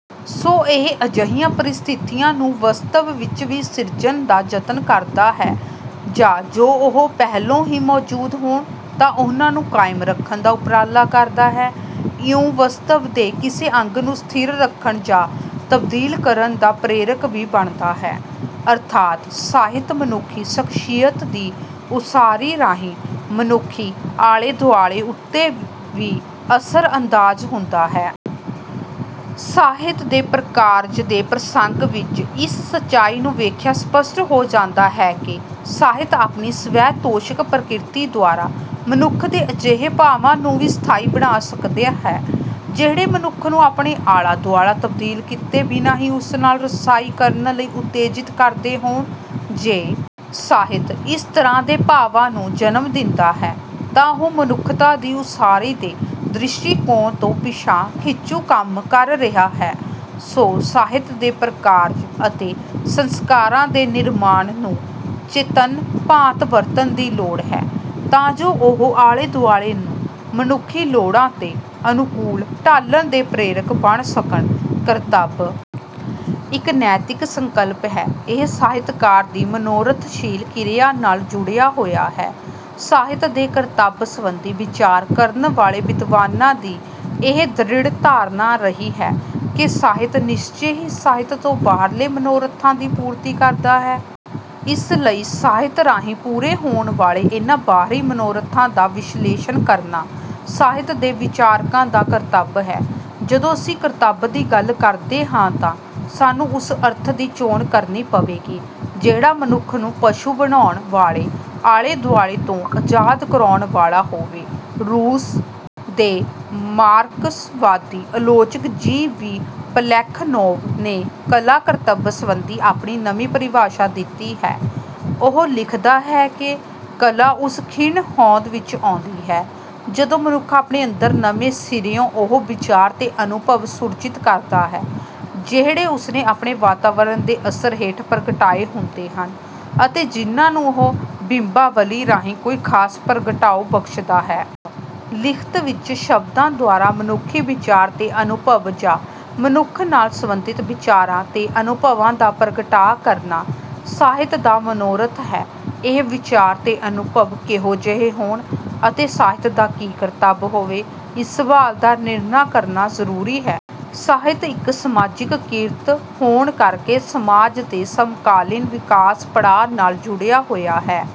ਸੋ ਇਹ ਅਜਿਹੀਆਂ ਪ੍ਰਸਥਿਤੀਆਂ ਨੂੰ ਵਾਸਤਵ ਵਿੱਚ ਵੀ ਸਿਰਜਣ ਦਾ ਯਤਨ ਕਰਦਾ ਹੈ ਜਾਂ ਜੋ ਉਹ ਪਹਿਲੋਂ ਹੀ ਮੌਜੂਦ ਹੋਣ ਤਾਂ ਉਨ੍ਹਾਂ ਨੂੰ ਕਾਇਮ ਰੱਖਣ ਦਾ ਉਪਰਾਲਾ ਕਰਦਾ ਹੈ। ਇਉਂ ਵਾਸਤਵ ਦੇ ਕਿਸੇ ਅੰਗ ਨੂੰ ਸਥਿਰ ਰੱਖਣ ਜਾਂ ਤਬਦੀਲ ਕਰਨ ਦਾ ਪ੍ਰੇਰਕ ਵੀ ਬਣਦਾ ਹੈ, ਅਰਥਾਤ ਸਾਹਿਤ ਮਨੁੱਖੀ ਸ਼ਖ਼ਸੀਅਤ ਦੀ ਉਸਾਰੀ ਰਾਹੀਂ ਮਨੁੱਖੀ ਆਲੇ-ਦੁਆਲੇ ਉੱਤੇ ਵੀ ਅਸਰ-ਅੰਦਾਜ਼ ਹੁੰਦਾ ਹੈ। ਸਾਹਿਤ ਦੇ ਪ੍ਰਕਾਰਜ ਦੇ ਪ੍ਰਸੰਗ ਵਿੱਚ ਇਸ ਸਚਾਈ ਨੂੰ ਵੇਖਿਆਂ ਸਪੱਸ਼ਟ ਹੋ ਜਾਂਦਾ ਹੈ ਕਿ ਸਾਹਿਤ ਆਪਣੀ ਸਵੈ-ਤੋਸ਼ਕ ਪ੍ਰਕਿਰਤੀ ਦੁਆਰਾ ਮਨੁੱਖ ਦੇ ਅਜਿਹੇ ਭਾਵਾਂ ਨੂੰ ਵੀ ਸਥਾਈ ਬਣਾ ਸਕਦਾ ਹੈ ਜਿਹੜੇ ਮਨੁੱਖ ਨੂੰ ਆਪਣਾ ਆਲਾ-ਦੁਆਲਾ ਤਬਦੀਲ ਕੀਤੇ ਬਿਨਾਂ ਹੀ ਉਸ ਨਾਲ ਰਸਾਈ ਕਰਨ ਲਈ ਉਤੇਜਿਤ ਕਰਦੇ ਹੋਣ। ਜੇ ਸਾਹਿਤ ਇਸ ਤਰ੍ਹਾਂ ਦੇ ਭਾਵਾਂ ਨੂੰ ਜਨਮ ਦਿੰਦਾ ਹੈ ਤਾਂ ਉਹ ਮਨੁੱਖਤਾ ਦੀ ਉਸਾਰੀ ਦੇ ਦ੍ਰਿਸ਼ਟੀਕੋਣ ਤੋਂ ਪਿਛਾਂਹ-ਖਿੱਚੂ ਕੰਮ ਕਰ ਰਿਹਾ ਹੈ। ਸੋ ਸਾਹਿਤ ਦੇ ਪ੍ਰਕਾਰਜ ਅਤੇ ਸੰਸਕਾਰਾਂ ਦੇ ਨਿਰਮਾਣ ਨੂੰ ਚੇਤੰਨ ਭਾਂਤ ਵਰਤਣ ਦੀ ਲੋੜ ਹੈ, ਤਾਂ ਜੋ ਉਹ ਆਲੇ-ਦੁਆਲੇ ਨੂੰ ਮਨੁੱਖੀ ਲੋੜਾਂ ਦੇ ਅਨੁਕੂਲ ਢਾਲਣ ਦੇ ਪ੍ਰੇਰਕ ਬਣ ਸਕਣ। ਕਰਤੱਵ ਇੱਕ ਨੈਤਿਕ ਸੰਕਲਪ ਹੈ। ਇਹ ਸਾਹਿਤਕਾਰ ਦੀ ਮਨੋਰਥਸ਼ੀਲ ਕਿਰਿਆ ਨਾਲ ਜੁੜਿਆ ਹੋਇਆ ਹੈ। ਸਾਹਿਤ ਦੇ ਕਰਤੱਵ ਸਬੰਧੀ ਵਿਚਾਰ ਕਰਨ ਵਾਲੇ ਵਿਦਵਾਨਾਂ ਦੀ ਇਹ ਦ੍ਰਿੜ੍ਹ ਧਾਰਨਾ ਰਹੀ ਹੈ ਕਿ ਸਾਹਿਤ ਨਿਸਚੇ ਹੀ ਸਾਹਿਤ ਤੋਂ ਬਾਹਰਲੇ ਮਨੋਰਥਾਂ ਦੀ ਪੂਰਤੀ ਕਰਦਾ ਹੈ। ਇਸ ਲਈ ਸਾਹਿਤ ਰਾਹੀਂ ਪੂਰੇ ਹੋਣ ਵਾਲੇ ਇਨ੍ਹਾਂ ਬਾਹਰੀ ਮਨੋਰਥਾਂ ਦਾ ਵਿਸ਼ਲੇਸ਼ਣ ਕਰਨਾ ਸਾਹਿਤ ਦੇ ਵਿਚਾਰਕਾਂ ਦਾ ਕਰਤੱਵ ਹੈ। ਜਦੋਂ ਅਸੀਂ ਕਰਤੱਵ ਦੀ ਗੱਲ ਕਰਦੇ ਹਾਂ ਤਾਂ ਸਾਨੂੰ ਉਸ ਅਰਥ ਦੀ ਚੋਣ ਕਰਨੀ ਪਵੇਗੀ ਜਿਹੜਾ ਮਨੁੱਖ ਨੂੰ ਪਸ਼ੂ ਬਣਾਉਣ ਵਾਲੇ ਆਲੇ-ਦੁਆਲੇ ਤੋਂ ਆਜ਼ਾਦ ਕਰਾਉਣ ਵਾਲਾ ਹੋਵੇ। ਰੂਸ ਦੇ ਮਾਰਕਸਵਾਦੀ ਆਲੋਚਕ ਜੀ. ਵੀ. ਪਲੈਖਾਨੋਵ ਨੇ ਕਲਾ-ਕਰਤੱਵ ਸਬੰਧੀ ਆਪਣੀ ਨਵੀਂ ਪਰਿਭਾਸ਼ਾ ਦਿੱਤੀ ਹੈ। ਉਹ ਲਿਖਦਾ ਹੈ ਕਿ ਕਲਾ ਉਸ ਖਿਣ ਹੋਂਦ ਵਿੱਚ ਆਉਂਦੀ ਹੈ ਜਦੋਂ ਮਨੁੱਖ ਆਪਣੇ ਅੰਦਰ ਨਵੇਂ ਸਿਰਿਓਂ ਉਹ ਵਿਚਾਰ ਤੇ ਅਨੁਭਵ ਸੁਰਜੀਤ ਕਰਦਾ ਹੈ ਜਿਹੜੇ ਉਸਨੇ ਆਪਣੇ ਵਾਤਾਵਰਨ ਦੇ ਅਸਰ ਹੇਠ ਪ੍ਰਗਟਾਏ ਹੁੰਦੇ ਹਨ ਅਤੇ ਜਿਨ੍ਹਾਂ ਨੂੰ ਉਹ ਬਿੰਬਾਵਲੀ ਰਾਹੀਂ ਕੋਈ ਖਾਸ ਪ੍ਰਗਟਾਓ ਬਖਸ਼ਦਾ ਹੈ। ਲਿਖਤ ਵਿੱਚ ਸ਼ਬਦਾਂ ਦੁਆਰਾ ਮਨੁੱਖੀ ਵਿਚਾਰ ਤੇ ਅਨੁਭਵ ਜਾਂ ਮਨੁੱਖ ਨਾਲ ਸਬੰਧਿਤ ਵਿਚਾਰਾਂ ਤੇ ਅਨੁਭਵਾਂ ਦਾ ਪ੍ਰਗਟਾਅ ਕਰਨਾ ਸਾਹਿਤ ਦਾ ਮਨੋਰਥ ਹੈ। ਇਹ ਵਿਚਾਰ ਤੇ ਅਨੁਭਵ ਕਿਹੋ ਜਿਹੇ ਹੋਣ ਅਤੇ ਸਾਹਿਤ ਦਾ ਕੀ ਕਰਤੱਵ ਹੋਵੇ, ਇਸ ਸਵਾਲ ਦਾ ਨਿਰਣਾ ਕਰਨਾ ਜ਼ਰੂਰੀ ਹੈ। ਸਾਹਿਤ ਇੱਕ ਸਮਾਜਿਕ ਕਿਰਤ ਹੋਣ ਕਰਕੇ ਸਮਾਜ ਦੇ ਸਮਕਾਲੀਨ ਵਿਕਾਸ-ਪੜਾਅ ਨਾਲ ਜੁੜਿਆ ਹੋਇਆ ਹੈ।